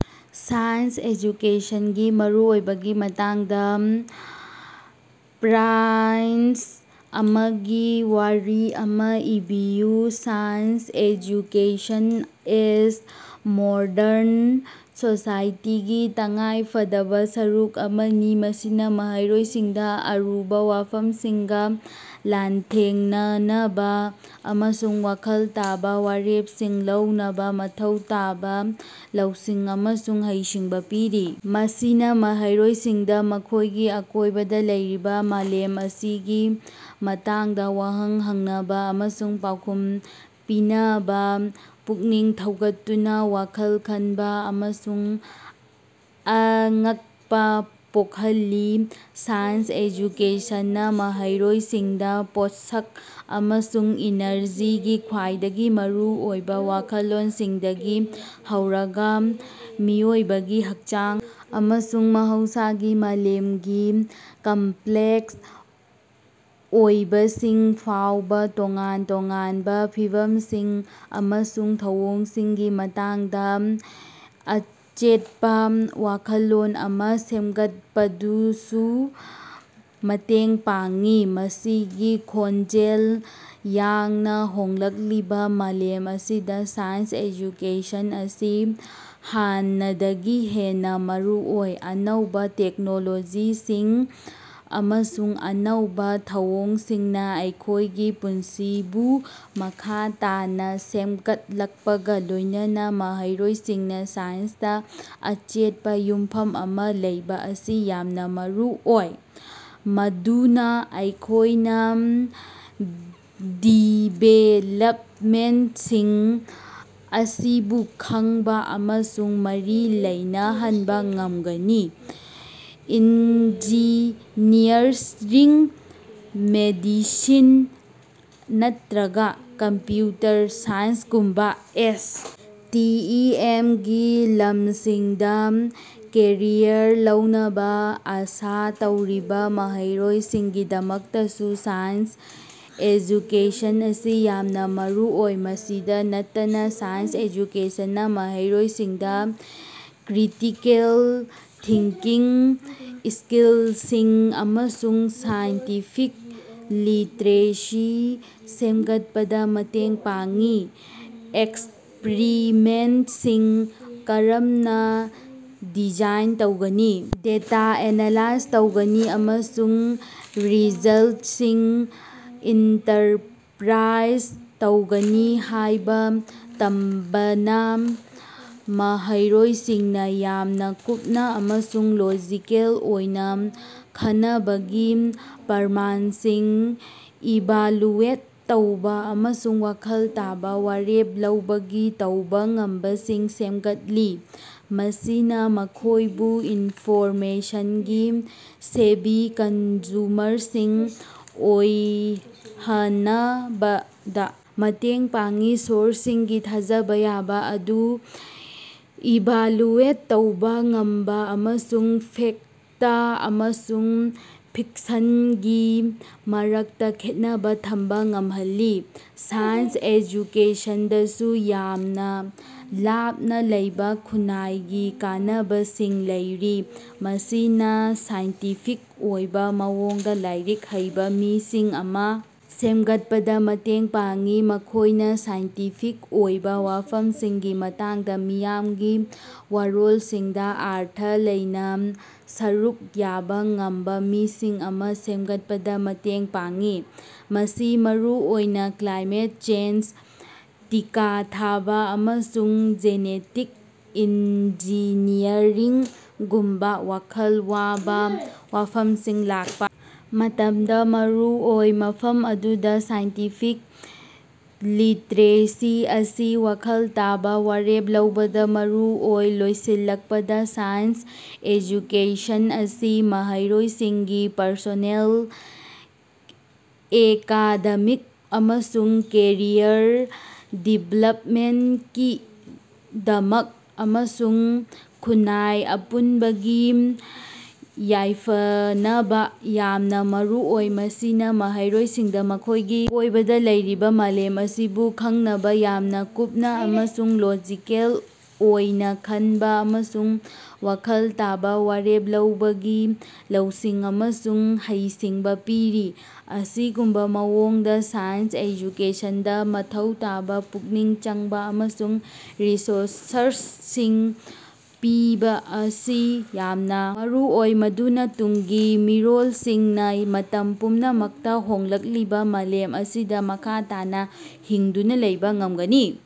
Science ꯑꯦꯖꯨꯀꯦꯁꯟꯒꯤ ꯃꯔꯨꯑꯣꯏꯕꯒꯤ ꯃꯇꯥꯡꯗꯥ ꯄ꯭ꯔꯥꯏꯟꯁ ꯑꯃꯒꯤ ꯋꯥꯔꯤ ꯑꯃꯥ ꯏꯕꯤꯌꯨ꯫ ꯁꯥꯏꯟꯁ ꯑꯦꯖꯨꯀꯦꯁꯟ ꯑꯦꯁ ꯃꯣꯗꯔꯟ ꯁꯣꯁꯥꯏꯇꯤꯒꯤ ꯇꯉꯥꯏꯐꯗꯕꯥ ꯁꯔꯨꯛ ꯑꯃꯅꯤ, ꯃꯁꯤꯅꯥ ꯃꯍꯩꯔꯣꯏꯁꯤꯡꯗꯥ ꯑꯔꯨꯕꯥ ꯋꯥꯐꯝꯁꯤꯡꯒꯥ ꯂꯥꯟꯊꯦꯡꯅꯅꯕꯥ ꯑꯃꯁꯨꯡ ꯋꯥꯈꯜ ꯇꯥꯕꯥ ꯋꯥꯔꯦꯞꯁꯤꯡ ꯂꯧꯅꯕꯥ ꯃꯊꯧ ꯇꯥꯕꯥ ꯂꯧꯁꯤꯡ ꯑꯃꯁꯨꯡ ꯍꯩꯁꯤꯡꯕꯥ ꯄꯤꯔꯤ꯫ ꯃꯁꯤꯅꯥ ꯃꯍꯩꯔꯣꯌꯁꯤꯡꯗꯥ ꯃꯈꯣꯢꯒꯤ ꯑꯀꯣꯢꯕꯗꯥ ꯂꯩꯔꯤꯕꯥ ꯃꯥꯂꯦꯝ ꯑꯁꯤꯒꯤ ꯃꯇꯥꯡꯗꯥ ꯋꯥꯍꯪ ꯍꯪꯅꯕꯥ ꯑꯃꯁꯨꯡ ꯄꯥꯎꯈꯨꯝ ꯄꯤꯅꯕꯥ ꯄꯨꯛꯅꯤꯡ ꯊꯧꯒꯠꯇꯨꯅꯥ ꯋꯥꯈꯜ ꯈꯟꯕꯥ ꯑꯃꯁꯨꯡ ꯑꯉꯛꯄꯥ ꯄꯣꯛꯍꯜꯂꯤ꯫ ꯁꯥꯏꯟꯁ ꯑꯦꯖꯨꯀꯦꯁꯟꯅꯥ ꯃꯍꯩꯔꯣꯌꯁꯤꯡꯗꯥ ꯄꯣꯠꯁꯛ ꯑꯃꯁꯨꯡ ꯏꯅꯔꯖꯤꯒꯤ ꯈ꯭ꯋꯥꯏꯗꯒꯤ ꯃꯔꯨ ꯑꯣꯏꯕꯥ ꯋꯥꯈꯜꯂꯣꯟꯁꯤꯡꯗꯒꯤ ꯍꯧꯔꯒꯥ ꯃꯤꯑꯣꯏꯕꯒꯤ ꯍꯛꯆꯥꯡ ꯑꯃꯁꯨꯡ ꯃꯍꯧꯁꯥꯒꯤ ꯃꯥꯂꯦꯝꯒꯤ ꯀꯝꯄ꯭ꯂꯦꯛꯁ ꯑꯣꯏꯕꯁꯤꯡ ꯐꯥꯎꯕꯥ ꯇꯣꯉꯥꯟ ꯇꯣꯉꯥꯟꯕꯥ ꯐꯤꯚꯝꯁꯤꯡ ꯑꯃꯁꯨꯡ ꯊꯧꯑꯣꯡꯁꯤꯡꯒꯤ ꯃꯇꯥꯡꯗꯥ ꯑꯆꯦꯠꯄꯥ ꯋꯥꯈꯜꯂꯣꯟ ꯑꯃꯥ ꯁꯦꯝꯒꯠꯄꯗꯨꯁꯨ ꯃꯇꯦꯡ ꯄꯥꯡꯏ꯫ ꯃꯁꯤꯒꯤ ꯈꯣꯟꯖꯦꯜ ꯌꯥꯡꯅꯥ ꯍꯣꯡꯂꯛꯂꯤꯕꯥ ꯃꯥꯂꯦꯝ ꯑꯁꯤꯗꯥ ꯁꯥꯏꯟꯁ ꯑꯦꯖꯨꯀꯦꯁꯟ ꯑꯁꯤ ꯍꯥꯟꯅꯗꯒꯤ ꯍꯦꯟꯅꯥ ꯃꯔꯨꯑꯣꯏ꯫ ꯑꯅꯧꯕꯥ ꯇꯦꯛꯅꯣꯂꯣꯖꯤꯁꯤꯡ ꯑꯃꯁꯨꯡ ꯑꯅꯧꯕꯥ ꯊꯧꯑꯣꯡꯁꯤꯡꯅꯥ ꯑꯩꯈꯣꯢꯒꯤ ꯄꯨꯟꯁꯤꯕꯨ ꯃꯈꯥ ꯇꯥꯅꯥ ꯁꯦꯃꯒꯠꯂꯛꯄꯒꯥ ꯂꯣꯢꯅꯅꯥ ꯃꯍꯩꯔꯣꯏꯁꯤꯡꯅꯥ ꯁꯥꯏꯟꯁꯇꯥ ꯑꯆꯦꯠꯄꯥ ꯌꯨꯝꯐꯝ ꯑꯃꯥ ꯂꯩꯕꯥ ꯑꯁꯤ ꯌꯥꯝꯅꯥ ꯃꯔꯨ ꯑꯣꯏ, ꯃꯗꯨꯅꯥ ꯑꯩꯈꯣꯢꯅꯥ ꯗꯤꯕꯦꯂꯞꯃꯦꯟꯇꯁꯤꯡ ꯑꯁꯤꯕꯨ ꯈꯪꯕꯥ ꯑꯃꯁꯨꯡ ꯃꯔꯤ ꯂꯩꯅꯍꯟꯕꯥ ꯉꯃꯒꯅꯤ꯫ ꯏꯟꯖꯤꯅꯤꯌꯔꯤꯡ, ꯃꯦꯗꯤꯁꯤꯟ, ꯅꯠꯇ꯭ꯔꯒꯥ ꯀꯝꯄ꯭ꯌꯨꯇꯔ ꯁꯥꯏꯟꯁꯒꯨꯝꯕꯥ ꯑꯦꯁ. ꯇꯤ. ꯏ. ꯑꯦꯝ. ꯒꯤ ꯂꯃꯁꯤꯡꯗꯥ ꯀꯦꯔꯤꯌꯔ ꯂꯧꯅꯕꯥ ꯑꯥꯁꯥ ꯇꯧꯔꯤꯕꯥ ꯃꯍꯩꯔꯣꯏꯁꯤꯡꯒꯤꯗꯃꯛꯇꯁꯨ ꯁꯥꯏꯟꯁ ꯑꯦꯖꯨꯀꯦꯁꯟ ꯑꯁꯤ ꯌꯥꯝꯅꯥ ꯃꯔꯨꯑꯣꯏ꯫ ꯃꯁꯤꯗꯥ ꯅꯠꯇꯅꯥ ꯁꯥꯏꯟꯁ ꯑꯦꯖꯨꯀꯦꯁꯟꯅꯥ ꯃꯍꯩꯔꯣꯏꯁꯤꯡꯗꯥ ꯀ꯭ꯔꯤꯇꯤꯀꯦꯜ ꯊꯤꯡꯀꯤꯡ ꯁ꯭ꯀꯤꯜꯁꯤꯡ ꯑꯃꯁꯨꯡ ꯁꯥꯏꯟꯇꯤꯐꯤꯛ ꯂꯤꯇ꯭ꯔꯦꯁꯤ ꯁꯦꯝꯒꯠꯄꯗꯥ ꯃꯇꯦꯡ ꯄꯥꯡꯏ꯫ ꯑꯦꯛꯁꯄꯔꯤꯃꯦꯟꯇꯁꯤꯡ ꯀꯔꯝꯅꯥ ꯗꯤꯖꯥꯏꯟ ꯇꯧꯒꯅꯤ, ꯗꯦꯇꯥ ꯑꯦꯅꯥꯂꯥꯏꯖ ꯇꯧꯒꯅꯤ ꯑꯃꯁꯨꯡ ꯔꯤꯖꯜꯇꯁꯤꯡ ꯏꯟꯇꯔꯄ꯭ꯔꯥꯏꯖ ꯇꯧꯒꯅꯤ ꯍꯥꯢꯕꯥ ꯇꯝꯕꯅꯥ ꯃꯍꯩꯔꯣꯏꯁꯤꯡꯅꯥ ꯌꯥꯝꯅꯥ ꯀꯨꯞꯅꯥ ꯑꯃꯁꯨꯡ ꯂꯣꯖꯤꯀꯦꯜ ꯑꯣꯏꯅꯥ ꯈꯅꯕꯒꯤ, ꯄꯔꯃꯥꯟꯁꯤꯡ ꯏꯚꯥꯂꯨꯑꯦꯠ ꯇꯧꯕꯥ ꯑꯃꯁꯨꯡ ꯋꯥꯈꯜ ꯇꯥꯕꯥ ꯋꯥꯔꯦꯞ ꯂꯧꯕꯒꯤ ꯇꯧꯕꯥ ꯉꯝꯕꯁꯤꯡ ꯁꯦꯃꯒꯠꯂꯤ꯫ ꯃꯁꯤꯅꯥ ꯃꯈꯣꯢꯕꯨ ꯏꯟꯐꯣꯔꯃꯦꯁꯟꯒꯤ ꯁꯦꯚꯤ ꯀꯟꯖꯨꯃꯔꯁꯤꯡ ꯑꯣꯏꯍꯅꯕꯗꯥ ꯃꯇꯦꯡ ꯄꯥꯡꯏ, ꯁꯣꯔꯁꯁꯤꯡꯒꯤ ꯊꯥꯖꯕꯥ ꯌꯥꯕꯥ ꯑꯗꯨ ꯏꯚꯥꯜꯌꯨꯑꯦꯠ ꯇꯧꯕꯥ ꯉꯝꯕꯥ ꯑꯃꯁꯨꯡ ꯐꯦꯛꯇ ꯑꯃꯁꯨꯡ ꯐꯤꯛꯁꯟꯒꯤ ꯃꯔꯛꯇꯥ ꯈꯦꯠꯅꯕꯥ ꯊꯝꯕꯥ ꯉꯃꯍꯜꯂꯤ꯫ ꯁꯥꯏꯟꯁ ꯑꯦꯖꯨꯀꯦꯁꯟꯗꯁꯨ ꯌꯥꯝꯅꯥ ꯂꯥꯞꯅꯥ ꯂꯩꯕꯥ ꯈꯨꯟꯅꯥꯏꯒꯤ ꯀꯥꯟꯅꯕꯁꯤꯡ ꯂꯩꯔꯤ꯫ ꯃꯁꯤꯅꯥ ꯁꯥꯏꯟꯇꯤꯐꯤꯛ ꯑꯣꯏꯕꯥ ꯃꯑꯣꯡꯗꯥ ꯂꯥꯏꯔꯤꯛ ꯍꯩꯕꯥ ꯃꯤꯁꯤꯡ ꯑꯃꯥ ꯁꯦꯃꯒꯠꯄꯗꯥ ꯃꯇꯦꯡ ꯄꯥꯡꯏ꯫ ꯃꯈꯣꯢꯅꯥ ꯁꯥꯏꯟꯇꯤꯐꯤꯛ ꯑꯣꯏꯕꯥ ꯋꯥꯐꯝꯁꯤꯡꯒꯤ ꯃꯇꯥꯡꯗꯥ ꯃꯤꯌꯥꯝꯒꯤ ꯋꯥꯔꯣꯜꯁꯤꯡꯗꯥ ꯑꯔꯊ ꯂꯩꯅꯥ ꯁꯔꯨꯛ ꯌꯥꯕꯥ ꯉꯝꯕꯥ ꯃꯤꯁꯤꯡ ꯑꯃꯥ ꯁꯦꯝꯒꯠꯄꯗꯥ ꯃꯇꯦꯡ ꯄꯥꯡꯏ꯫ ꯃꯁꯤ ꯃꯔꯨꯑꯣꯏꯅꯥ ꯀ꯭ꯂꯥꯏꯃꯦꯠ ꯆꯦꯟꯖ, ꯇꯤꯀꯥ ꯊꯥꯕꯥ, ꯑꯃꯁꯨꯡ ꯖꯦꯅꯦꯇꯤꯛ ꯏꯟꯖꯤꯅꯤꯌꯔꯤꯡꯒꯨꯝꯕꯥ ꯋꯥꯈꯜ ꯋꯥꯕꯥ ꯋꯥꯐꯃꯁꯤꯡ ꯂꯥꯛꯄꯥ ꯃꯇꯝꯗꯥ ꯃꯔꯨ ꯑꯣꯏ, ꯃꯐꯝ ꯑꯗꯨꯗꯥ ꯁꯥꯏꯟꯇꯤꯐꯤꯛ ꯂꯤꯇ꯭ꯔꯦꯁꯤ ꯑꯁꯤ ꯋꯥꯈꯜ ꯇꯥꯕꯥ ꯋꯥꯔꯦꯞ ꯂꯧꯕꯗꯥ ꯃꯔꯨ ꯑꯣꯏ꯫ ꯂꯣꯏꯁꯤꯜꯂꯛꯄꯗꯥ, ꯁꯥꯏꯟꯁ ꯑꯦꯖꯨꯀꯦꯁꯟ ꯑꯁꯤ ꯃꯍꯩꯔꯣꯏꯁꯤꯡꯒꯤ ꯄꯔꯁꯣꯅꯦꯜ, ꯑꯦꯀꯥꯗꯦꯃꯤꯛ ꯑꯃꯁꯨꯡ ꯀꯦꯔꯤꯌꯔ ꯗꯤꯕꯦꯂꯄꯃꯦꯟꯇꯀꯤꯗꯃꯛ ꯑꯃꯁꯨꯡ ꯈꯨꯟꯅꯥꯏ ꯑꯄꯨꯟꯕꯒꯤ ꯌꯥꯏꯐꯅꯕꯥ ꯌꯥꯝꯅꯥ ꯃꯔꯨꯑꯣꯏ꯫ ꯃꯁꯤꯅꯥ ꯃꯍꯩꯔꯣꯏꯁꯤꯡꯗꯥ ꯃꯈꯣꯢꯒꯤ ꯑꯀꯣꯢꯕꯗꯥ ꯂꯩꯔꯤꯕꯥ ꯃꯥꯂꯦꯝ ꯑꯁꯤꯕꯨ ꯈꯪꯅꯕꯥ ꯌꯥꯝꯅꯥ ꯀꯨꯞꯅꯥ ꯑꯃꯁꯨꯡ ꯂꯣꯖꯤꯀꯦꯜ ꯑꯣꯏꯅꯥ ꯈꯟꯕꯥ ꯑꯃꯁꯨꯡ ꯋꯥꯈꯜ ꯇꯥꯕꯥ ꯋꯥꯔꯦꯞ ꯂꯧꯕꯒꯤ ꯂꯧꯁꯤꯡ ꯑꯃꯁꯨꯡ ꯍꯩꯁꯤꯡꯕꯥ ꯄꯤꯔꯤ꯫ ꯑꯁꯤꯒꯨꯝꯕꯥ ꯃꯑꯣꯡꯗꯥ ꯁꯥꯏꯟꯁ ꯑꯦꯖꯨꯀꯦꯁꯟꯗꯥ ꯃꯊꯧ ꯇꯥꯕꯥ ꯄꯨꯛꯅꯤꯡ ꯆꯪꯕꯥ ꯑꯃꯁꯨꯡ ꯔꯤꯁꯣꯁꯔꯁꯤꯡ ꯄꯤꯕꯥ ꯑꯁꯤ ꯌꯥꯝꯅꯥ ꯃꯔꯨꯑꯣꯏ ꯃꯗꯨꯅꯥ ꯇꯨꯡꯒꯤ ꯃꯤꯔꯣꯜꯁꯤꯡꯅꯥ ꯃꯇꯝ ꯄꯨꯝꯅꯃꯛꯇꯥ ꯍꯣꯡꯂꯛꯂꯤꯕꯥ ꯃꯥꯂꯦꯝ ꯑꯁꯤꯗꯥ ꯃꯈꯥ ꯇꯥꯅꯥ ꯍꯤꯡꯗꯨꯅꯥ ꯂꯩꯕꯥ ꯉꯃꯒꯅꯤ꯫